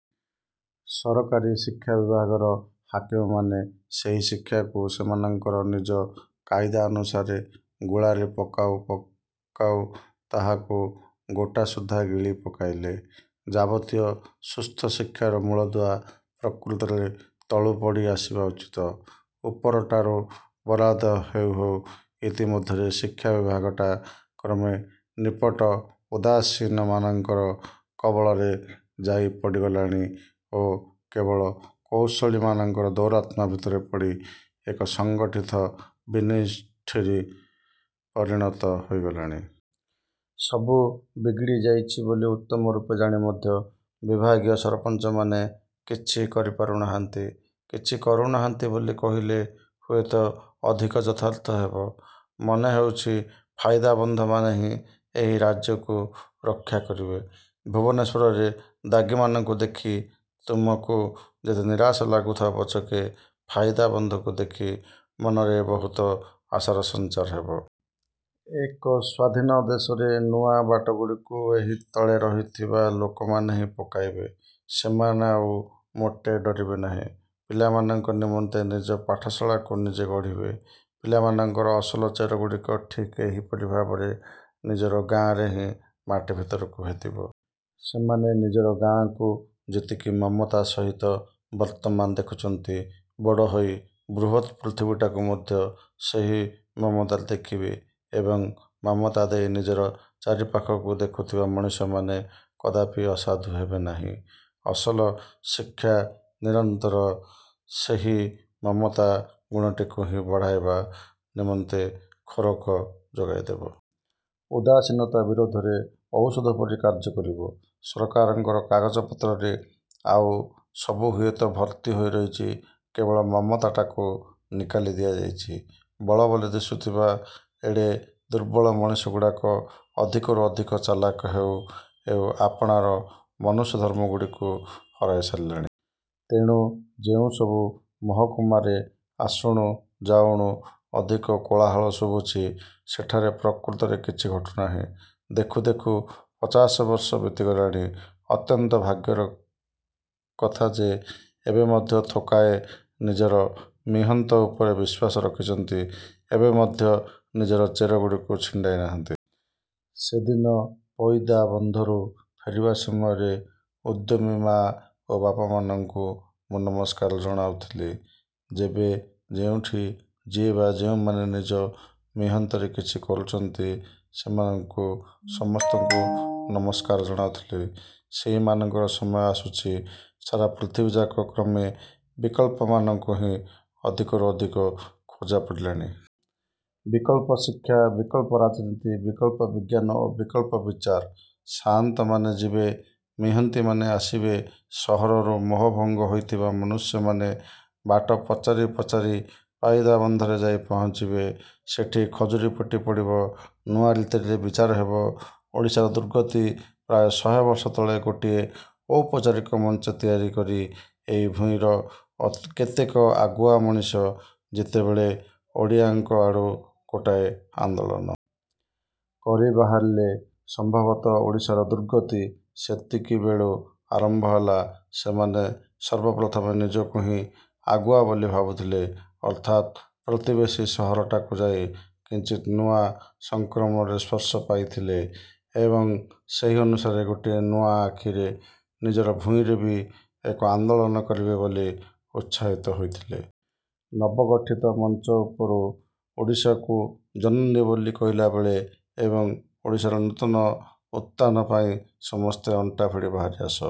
ସରକାରୀ ଶିକ୍ଷାବିଭାଗର ହାକିମମାନେ ସେହି ଶିକ୍ଷାକୁ ସେମାନଙ୍କର ନିଜ କାଇଦା ଅନୁସାରେ ଗୁଳାରେ ପକାଉ ପକାଉ ତାହାକୁ ଗୋଟାସୁଦ୍ଧା ଗିଳି ପକାଇଲେ। ଯାବତୀୟ ସୁସ୍ଥ ଶିକ୍ଷାର ମୂଳଦୁଆ ପ୍ରକୃତରେ ତଳୁ ପଡ଼ି ଆସିବା ଉଚିତ। ଉପରଟାରୁ ବରାଦ ହେଉ ହେଉ ଇତି ମଧ୍ୟରେ ଶିକ୍ଷାବିଭାଗଟା କ୍ରମେ ନିପଟ ଉଦାସୀନମାନଙ୍କର କବଳରେ ଯାଇ ପଡ଼ିଗଲାଣି ଓ କେବଳ କୌଶଳୀମାନଙ୍କର ଦୌରାତ୍ମ୍ୟ ଭିତରେ ପଡ଼ି ଏକ ସଂଗଠିତ ବିନଷ୍ଟିରେ ପରିଣତ ହୋଇଗଲାଣି। ସବୁ ବିଗିଡ଼ି ଯାଉଛି ବୋଲି ଉତ୍ତମ ରୂପେ ଜାଣି ମଧ୍ୟ ବିଭାଗୀୟ ସରପଞ୍ଚମାନେ କିଛି କରିପାରୁ ନାହାନ୍ତି। କିଛି କରୁନାହାନ୍ତି ବୋଲି କହିଲେ ହୁଏତ ଅଧିକ ଯଥାର୍ଥ ହେବ। ମନେହେଉଛି, ପଇଦାବନ୍ଧମାନେ ହିଁ ଏହି ରାଜ୍ୟକୁ ରକ୍ଷା କରିବେ। ଭୁବନେଶ୍ୱରରେ ଦାଗୀମାନଙ୍କୁ ଦେଖି ତୁମକୁ ଯେତେ ନିରାଶ ଲାଗୁଥାଉ ପଛକେ, ପଇଦାବନ୍ଧକୁ ଦେଖି ମନରେ ବହୁତ ଆଶାର ସଂଚାର ହେବ। ଏକ ସ୍ୱାଧୀନ ଦେଶରେ ନୂଆ ବାଟଗୁଡ଼ିକୁ ଏହି ତଳେ ରହିଥିବା ଲୋକମାନେ ହିଁ ପକାଇବେ। ସେମାନେ ଆଉ ମୋଟେ ଡ଼ରିବେ ନାହିଁ। ପିଲାମାନଙ୍କ ନିମନ୍ତେ ନିଜ ପାଠଶାଳାକୁ ନିଜେ ଗଢ଼ିବେ। ପିଲାମାନଙ୍କର ଅସଲ ଚେରଗୁଡ଼ିକ ଠିକ୍ ଏହିପରି ଭାବରେ ନିଜର ଗାଆଁରେ ହିଁ ମାଟି ଭିତରକୁ ଭେଦିବ। ସେମାନେ ନିଜର ଗାଆଁକୁ ଯେତିକି ମମତା ସହିତ ବର୍ତ୍ତମାନ ଦେଖୁଛନ୍ତି, ବଡ଼ ହୋଇ ବୃହତ୍ ପୃଥିବୀଟାକୁ ମଧ୍ୟ ସେହି ମମତାରେ ଦେଖିବେ ଏବଂ ମମତା ଦେଇ ନିଜର ଚାରିପାଖକୁ ଦେଖୁଥିବା ମଣିଷମାନେ କଦାପି ଅସାଧୁ ହେବେନାହିଁ। ଅସଲ ଶିକ୍ଷା ନିରନ୍ତର ସେହି ମମତା ଗୁଣଟିକୁ ହିଁ ବଢ଼ାଇବା ନିମନ୍ତେ ଖୋରାକ ଯୋଗାଇଦେବ। ଉଦାସୀନତା ବିରୋଧରେ ଔଷଧ ପରି କାର୍ଯ୍ୟ କରିବ। ସରକାରଙ୍କର କାଗଜପତ୍ରରେ ଆଉ ସବୁ ହୁଏତ ଭର୍ତ୍ତି ହୋଇ ରହିଛି, କେବଳ ମମତାଟାକୁ ନିକାଲି ଦିଆଯାଇଛି। ବଳ ବୋଲି ଦିଶୁଥିବା ଏଡ଼େ ଦୁର୍ବଳ ମଣିଷଗୁଡ଼ାକ ଅଧିକରୁ ଅଧିକ ଚାଲାଖ ହେଉ ହେଉ ଆପଣାର ମନୁଷ୍ୟଧର୍ମଗୁଡ଼ିକୁ ହରାଇ ସାରିଲେଣି। ତେଣୁ, ଯେଉଁସବୁ ମହକୁମାରେ ଆସୁଣୁ ଯାଉଣୁ ଅଧିକ କୋଳାହଳ ଶୁଭୁଛି, ସେଠାରେ ପ୍ରକୃତରେ କିଛି ଘଟୁନାହିଁ। ଦେଖୁ ଦେଖୁ ପଚାଶ ବର୍ଷ ବିତିଗଲାଣି। ଅତ୍ୟନ୍ତ ଭାଗ୍ୟର କଥା ଯେ ଏବେ ମଧ୍ୟ ଥୋକାଏ ନିଜର ମିହନ୍ତ ଉପରେ ବିଶ୍ୱାସ ରଖିଛନ୍ତି। ଏବେ ମଧ୍ୟ ନିଜର ଚେର ଗୁଡ଼ିକୁ ଛିଣ୍ଡାଇ ନାହାନ୍ତି। ସେଦିନ ପଇଦାବନ୍ଧରୁ ଫେରିବା ସମୟରେ, ଉଦ୍ୟମୀ ମାଆ ଓ ବାପାମାନଙ୍କୁ ମୁଁ ନମସ୍କାର ଜଣାଉଥିଲି। ଯେତେ ଯେଉଁଠି ଯିଏ ବା ଯେଉଁମାନେ ନିଜ ମିହନ୍ତରେ କିଛି କରୁଛନ୍ତି, ସେମାନଙ୍କୁ ସମସ୍ତଙ୍କୁ ନମସ୍କାର ଜଣାଉଥିଲି। ସେଇମାନଙ୍କର ସମୟ ଆସୁଛି। ସାରା ପୃଥିବୀଯାକ କ୍ରମେ ବିକଳ୍ପମାନଙ୍କୁ ହିଁ ଅଧିକରୁ ଅଧିକ ଖୋଜା ପଡ଼ିଲାଣି। ବିକଳ୍ପ ଶିକ୍ଷା, ବିକଳ୍ପ ରାଜନୀତି, ବିକଳ୍ପ ବିଜ୍ଞାନ ଓ ବିକଳ୍ପ ବିଚାର। ସାଆନ୍ତମାନେ ଯିବେ, ମିହନ୍ତୀମାନେ ଆସିବେ। ସହରରୁ ମୋହଭଙ୍ଗ ହୋଇଥିବା ମନୁଷ୍ୟମାନେ ବାଟ ପଚାରି ପଚାରି ପଇଦାବନ୍ଧରେ ଯାଇ ପହଞ୍ଚିବେ। ସେଠି ଖଜୁରିପଟି ପଡ଼ିବ। ନୂଆ ରୀତିରେ ବିଚାର ହେବ। ଓଡ଼ିଶାର ଦୁର୍ଗତି ପ୍ରାୟ ଶହେ ବର୍ଷ ତଳେ ଗୋଟାଏ ଔପଚାରିକ ମଞ୍ଚ ତିଆରି କରି ଏହି ଭୂଇଁର କେତେକ ଆଗୁଆ ମଣିଷ ଯେତେବେଳେ ଓଡ଼ିଆଙ୍କ ଆଡୁ ଗୋଟାଏ ଆନ୍ଦୋଳନ। କରି ବାହାରିଲେ, ସମ୍ଭବତଃ ଓଡ଼ିଶାର ଦୁର୍ଗତି ସେତିକିବେଳୁ ଆରମ୍ଭ ହେଲା। ସେମାନେ ସର୍ବପ୍ରଥମେ ନିଜକୁ ହିଁ ଆଗୁଆ ବୋଲି ଭାବୁଥିଲେ, ଅର୍ଥାତ୍ ପ୍ରତିବେଶୀ ସହରଟାକୁ ଯାଇ କିଞ୍ଚିତ୍ ନୂଆ ସଂକ୍ରମଣର ସ୍ପର୍ଶ ପାଇଥିଲେ ଏବଂ ସେହି ଅନୁସାରେ ଗୋଟିଏ ନୂଆ ଆଖିରେ ନିଜର ଭୂଇଁରେ ବି ଏକ ଆନ୍ଦୋଳନ କରିବେ ବୋଲି ଉତ୍ସାହିତ ହୋଇଥିଲେ। ନବଗଠିତ ମଞ୍ଚ ଉପରୁ ଓଡ଼ିଶାକୁ ଜନନୀ ବୋଲି କହିଲାବେଳେ ଏବଂ ଓଡ଼ିଶାର ନୂତନ ଉତ୍ଥାନ ପାଇଁ ସମସ୍ତେ ଅଣ୍ଟାଭିଡ଼ି ବାହାରି ଆସ।